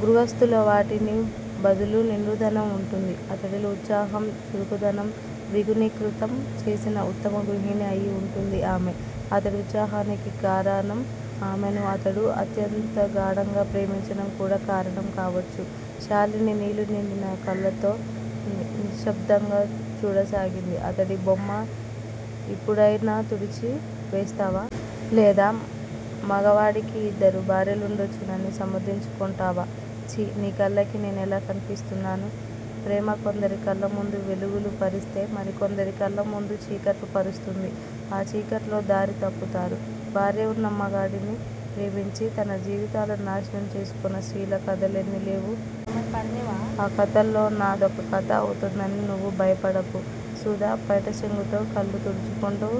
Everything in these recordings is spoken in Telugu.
గృగస్తులో వాటికి బదులు నిండుదనం వుంటుంది! అతడిలో ఉత్సాహం, చురుకుదనం ద్విగుణీకృతం చేసిన ఉత్తమ గృహిణి అయి వుంటుంది ఆమె! అతడి ఉత్సాహానికి కారణం ఆమెను అతడు అత్యంతగాఢంగా ప్రేమించడం కూడా కారణం కావచ్చు! శాలిని నీళ్లు నిండిన కళ్లతో నిశ్సబ్దంగా చూడసాగింది. అతడి బొమ్మ ఇప్పుడయినా తుడిచి వేస్తావా? లేదా మగవాడికి యిద్దరు భార్యలుండొచ్చునని సమర్దించుకొంటావా? ఛీ! నీకళ్లకి నేనెలా కనిపిస్తున్నాను? ప్రేమ కొందరి కళ్లముందు వెలుగులు పరిస్తే మరి కొందరి కళ్లముందు చీకట్లు పరుస్తుంది! ఆ చీకట్లో దారి తప్పుతారు. భార్య వున్న మగడిని ప్రేమించి తన జీవితాలను నాశనం చేసుకొన్న స్త్రీల కధలెన్ని లేవు? ఆ కథల్లో నాదొక కథ అవుతుందని నువ్వు భయపడకు, సుధా! పైటకొంగుతో కళ్లు తుడుచుకొంటూ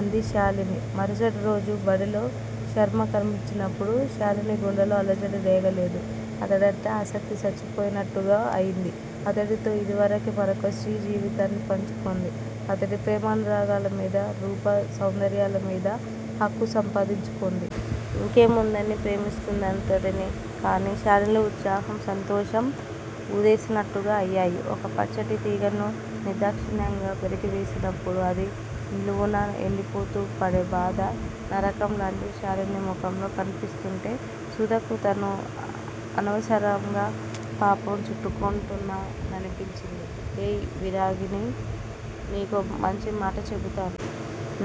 అంది శాలిని. మరుసటిరోజు బడిలో శర్మ కనిపించినప్పుడు శాలిని గుండెలో అలజడి రేగలేదు. అతడంటే ఆసక్తి చచ్చిపోయినట్టుగా అయింది! అతడితో యిదివరకే మరొక స్త్రీ జీవితాన్ని పంచుకొంది! అతడి ప్రేమానురాగాల మీద, రూప సౌందర్యాలమీదా హక్కు సంపాదించుకొంది. ఇంకేముందని ప్రేమిస్తుందతడిని? కాని, శాలినిలో ఉత్సాహం, సంతోషం ఊదేసినట్టుగా అయ్యాయి! ఒక పచ్చటితీగను నిర్దాక్షిణ్యంగా పెరికివేసినప్పుడు అది నిలువునా ఎండిపోతూ పడే బాధా, నరకం లాంటివి శాలిని ముఖంలో కనిపిస్తుంటే, సుధకు తను అనవసరంగా పాపం చుట్టుకొంటున్నా ననిపించింది. ఏయ్! విరాగిణీ! నీకో మంచిమాట చెబుతాను.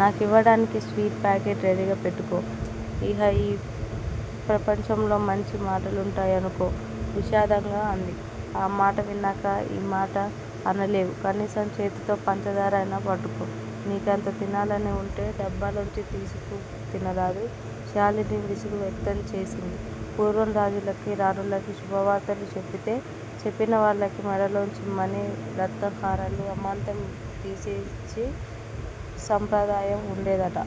నాకివ్వడానికి స్వీట్ పాకెట్ రెడీగా పెట్టుకో! ఇహ యీ ప్రపంచంలో మంచి మాటలుంటాయనుకో! విషాదంగా అంది. ఆ మాట విన్నాక ఈమాట అనలేవు! కనీసం చేతితో పంచదార అయినా పట్టుకో! నీకంత తినాలని వుంటే డబ్బాలోంచి తీసుకు తినరాదు? శాలిని విసుగు వ్యక్తం చేసింది. పూర్వం రాజులకి, రాణులకి శుభవార్తలు చెబితే చెప్పిన వాళ్లకి మెడలోంచి మణి, రత్నహారాలు అమాంతం తీసిచ్చే సంప్రదాయం వుండేదట!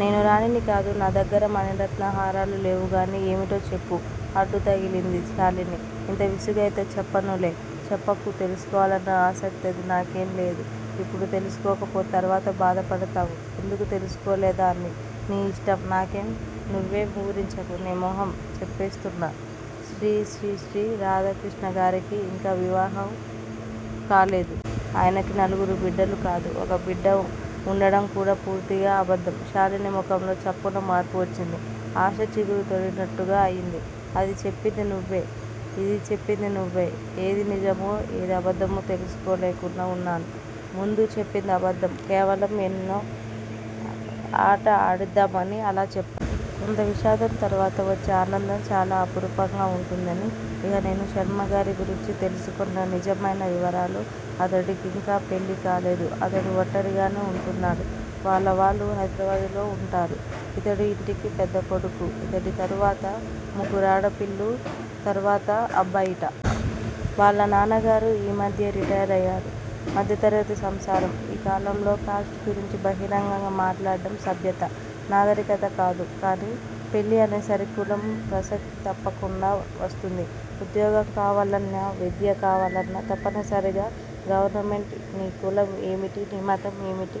నేను రాణినికాదు! నా దగ్గర మణిరత్నహారాలు లేవుగాని ఏమిటో చెప్పు! అడ్డుతగిలింది శాలిని. ఇంత విసుగైతే చెప్పనులే! చెప్పకు! తెలుసుకోవాలనే ఆసక్తది నాకేంలేదు! ఇప్పుడు తెలుసుకోకపోతే తరువాత బాధపడతావు! ఎందుకు తెలుసుకోలేదా అని! నీ ఇష్టం! నాకేం! నువ్వేం వూరించకు! నీ మొహం! చెప్పేస్తున్నా! శ్రీశ్రీశ్రీ రాధాకృష్ణగారికి ఇంకా వివాహంకాలేదు. ఆయనకి నలుగురు బిడ్డలుకాదు, ఒక బిడ్డ వుండడంకూడా పూర్తిగా అబద్దం! శాలిని ముఖంలో చప్పున మార్పువచ్చింది. ఆశ చిగురు తొడిగినట్టుగా అయింది. అది చెప్పింది నువ్వే! ఇది చెప్పింది నువ్వే! ఏది నిజమో, ఏది అబద్దమో తెలుసుకోలేకుండా వున్నాను! ముందు చెప్పింది అబద్దం. కేవలం నిన్నో ఆట ఆడిద్దామని అలా చెప్పాను. కొంత విషాదం తరువాత వచ్చే ఆనందం చాలా అపురూపంగా వుంటుందని! ఇహ నేను శర్మగారి గురించి తెలుసుకొన్న నిజమైన వివరాలు, అతడికింకా పెళ్లికాలేదు. అతడు వంటరిగానే వుంటున్నాడు. వాళ్ల వాళ్లు హైదరాబాద్ లో వుంటారు. ఇతడు యింటికి పెద్దకొడుకు! ఇతడి తరువాత ముగ్గురాడపిల్లూ, తరువాత అబ్బాయిట. వాళ్ల నాన్నగారు ఈ మధ్యే రిటైరయ్యారు. మధ్యతరగతి సంసారం! ఈ కాలంలో కాస్ట్ గురించి బహిరంగంగా మాట్లాడడం సభ్యత, నాగరికతకాదు. కాని, పెళ్లి అనేసరికి కులం ప్రసక్తి తప్పకుండా వస్తుంది ఉద్యోగం కావాలన్నా, విద్య కావాలన్నా తప్పనిసరిగా గవర్నమెంటే నీ కులం ఏమిటి? నీ మతం ఏమిటి?